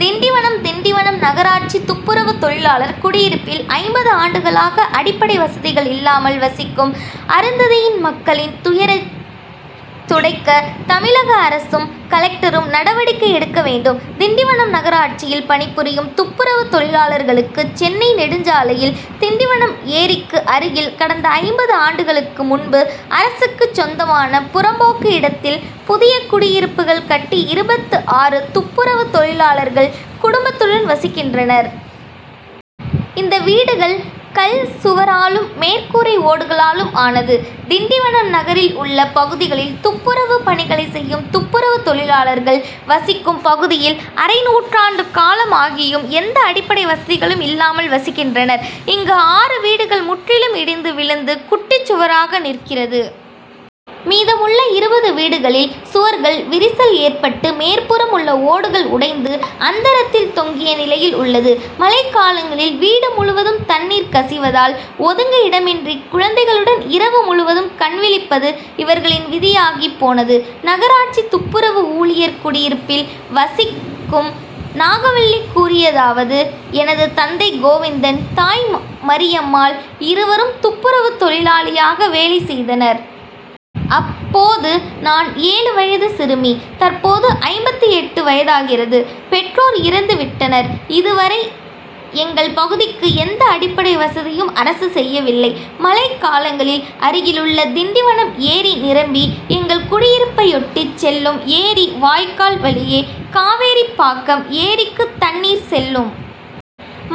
திண்டிவனம் திண்டிவனம் நகராட்சி துப்புரவு தொழிலாளர் குடியிருப்பில் ஐம்பது ஆண்டுகளாக அடிப்படை வசதிகள் இல்லாமல் வசிக்கும் அருந்ததியின் மக்களின் துயரைத் துடைக்க தமிழக அரசும், கலெக்டரும் நடவடிக்கை எடுக்க வேண்டும். திண்டிவனம் நகராட்சியில் பணிபுரியும் துப்புரவு தொழிலாளர்களுக்கு சென்னை நெடுஞ்சாலையில் திண்டிவனம் ஏரிக்கு அருகில் கடந்த ஐம்பது ஆண்டுகளுக்கு முன்பு அரசுக்குச் சொந்தமான புறம்போக்கு இடத்தில் புதிய குடியிருப்புகள் கட்டி இருபத்து ஆறு துப்புரவு தொழிலாளர்கள் குடும்பத்துடன் வசிக்கின்றனர். இந்த வீடுகள் கல் சுவராலும், மேற்கூரை ஓடுகளாலும் ஆனது. திண்டிவனம் நகரில் உள்ள பகுதிகளில் துப்புரவு பணிகளை செய்யும் துப்புரவு தொழிலாளர்கள் வசிக்கும் பகுதியில் அரை நூற்றாண்டு காலம் ஆகியும் எந்த அடிப்படை வசதிகளும் இல்லாமல் வசிக்கின்றனர். இங்கு ஆறு வீடுகள் முற்றிலும் இடிந்து விழுந்து குட்டிச் சுவராக நிற்கிறது. மீதமுள்ள இருபது வீடுகளில் சுவர்கள் விரிசல் ஏற்பட்டு மேற்புறம் உள்ள ஓடுகள் உடைந்து அந்தரத்தில் தொங்கிய நிலையில் உள்ளது. மழைக்காலங்களில் வீடு முழுவதும் தண்ணீர் கசிவதால் ஒதுங்க இடமின்றி குழந்தைகளுடன் இரவு முழுவதும் கண் விழிப்பது இவர்களின் விதியாகிப் போனது. நகராட்சி துப்புரவு ஊழியர் குடியிருப்பில் வசிக் கும் நாகவள்ளி கூறியதாவது எனது தந்தை கோவிந்தன், தாய் மரியம்மாள் இருவரும் துப்புரவு தொழிலாளியாக வேலை செய்தனர். அப் போது நான் ஏழு வயது சிறுமி தற்போது ஐம்பத்து எட்டு வயதாகிறது. பெற்றோர் இறந்து விட்டனர். இது வரை எங்கள் பகுதிக்கு எந்த அடிப்படை வசதியும் அரசு செய்யவில்லை. மழைக் காலங்களில் அருகிலுள்ள திண்டிவனம் ஏரி நிரம்பி, எங்கள் குடியிருப்பையொட்டிச் செல்லும் ஏரி வாய்க்கால் வழியே காவேரிப் பாக்கம் ஏரிக்கு தண்ணீர் செல்லும்.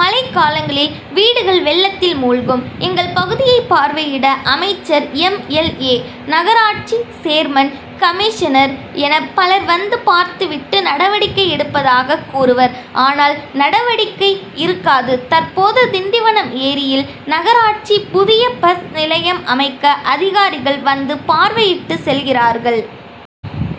மழைக்காலங்களில் வீடுகள் வெள்ளத்தில் மூழ்கும். எங்கள் பகுதியை பார்வையிட அமைச்சர், எம். எல். ஏ., நகராட்சி சேர்மன், கமிஷனர் என பலர் வந்து பார்த்து விட்டு நடவடிக்கை எடுப்பதாக கூறுவர். ஆனால் நடவடிக்கை இருக்காது. தற்போது திண்டிவனம் ஏரியில் நகராட்சி புதிய பஸ் நிலையம் அமைக்க அதிகாரிகள் வந்து பார்வையிட்டு செல்கிறார்கள்.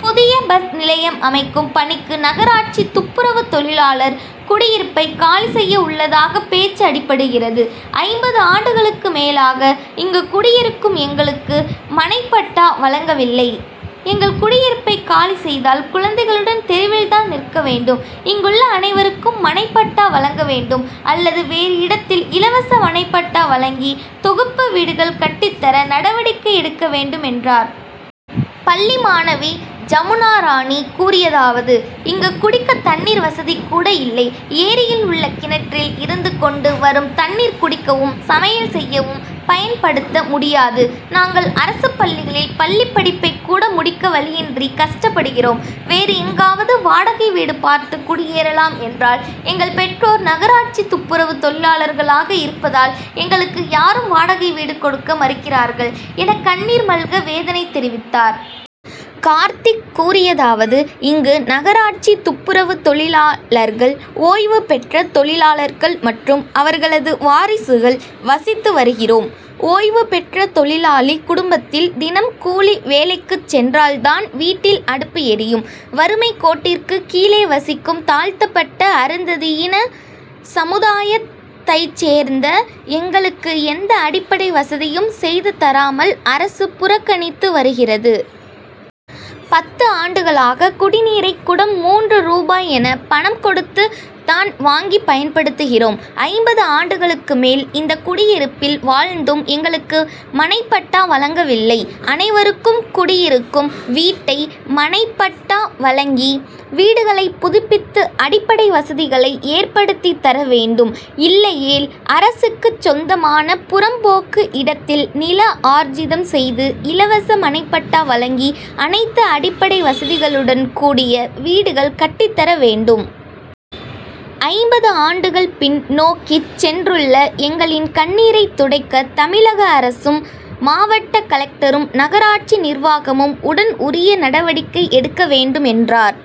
புதிய பஸ் நிலையம் அமைக்கும் பணிக்கு நகராட்சி துப்புரவு தொழிலாளர் குடியிருப்பை காலி செய்ய உள்ளதாக பேச்சு அடிபடுகிறது. ஐம்பது ஆண்டுகளுக்கு மேலாக இங்கு குடியிருக்கும் எங்களுக்கு மனைப்பட்டா வழங்கவில்லை. எங்கள் குடியிருப்பை காலி செய்தால் குழந்தைகளுடன் தெருவில் தான் நிற்க வேண்டும். இங்குள்ள அனைவருக்கும் மனைப்பட்டா வழங்க வேண்டும், அல்லது வேறு இடத்தில் இலவச மனைப்பட்டா வழங்கி, தொகுப்பு வீடுகள் கட்டித் தர நடவடிக்கை எடுக்க வேண்டும் என்றார். பள்ளி மாணவி ஜமுனாராணி கூறியதாவது: இங்கு குடிக்க தண்ணீர் வசதிகூட இல்லை. ஏரியில் உள்ள கிணற்றில் இருந்து கொண்டு வரும் தண்ணீர் குடிக்கவும், சமையல் செய்யவும் பயன்படுத்த முடியாது. நாங்கள் அரசுப் பள்ளிகளில் பள்ளிப் படிப்பைக் கூட முடிக்க வழியின்றி கஷ்டப்படுகிறோம். வேறு எங்காவது வாடகை வீடு பார்த்து குடியேறலாம் என்றால் எங்கள் பெற்றோர் நகராட்சி துப்புரவு தொழிலாளர்களாக இருப்பதால் எங்களுக்கு யாரும் வாடகை வீடு கொடுக்க மறுக்கிறார்கள் என கண்ணீர் மல்க வேதனை தெரிவித்தார். கார்த்திக் கூறியதாவது இங்கு நகராட்சி துப்புரவு தொழிலா ளர்கள், ஓய்வு பெற்ற தொழிலாளர்கள் மற்றும் அவர்களது வாரிசுகள் வசித்து வருகிறோம். ஓய்வுபெற்ற தொழிலாளி குடும்பத்தில் தினம் கூலி வேலைக்குச் சென்றால் தான் வீட்டில் அடுப்பு எரியும். வறுமைக்கோட்டிற்கு கீழே வசிக்கும் தாழ்த்தப்பட்ட அருந்ததியின சமுதாயத் தைச்சேர்ந்த எங்களுக்கு எந்த அடிப்படை வசதியும் செய்து தராமல் அரசு புறக்கணித்து வருகிறது. பத்து ஆண்டுகளாக குடிநீரை குடம் மூன்று ரூபாய் என பணம் கொடுத்து தான் வாங்கி பயன்படுத்துகிறோம். ஐம்பது ஆண்டுகளுக்கு மேல் இந்த குடியிருப்பில் வாழ்ந்தும் எங்களுக்கு மனைப்பட்டா வழங்கவில்லை. அனைவருக்கும் குடியிருக்கும் வீட்டை மனைப்பட்டா வழங்கி வீடுகளை புதுப்பித்து அடிப்படை வசதிகளை ஏற்படுத்தித்தர வேண்டும். இல்லையேல் அரசுக்குச் சொந்தமான புறம் போக்கு இடத்தில் நில ஆர்ஜிதம் செய்து, இலவச மனைப்பட்டா வழங்கி அனைத்து அடிப்படை வசதிகளுடன்கூடிய வீடுகள் கட்டித்தர வேண்டும். ஐம்பது ஆண்டுகள் பின் னோக்கிச் சென்றுள்ள எங்களின் கண்ணீரை துடைக்க தமிழக அரசும், மாவட்ட கலெக்டரும், நகராட்சி நிர்வாகமும் உடன் உரிய நடவடிக்கை எடுக்க வேண்டும் என்றார்.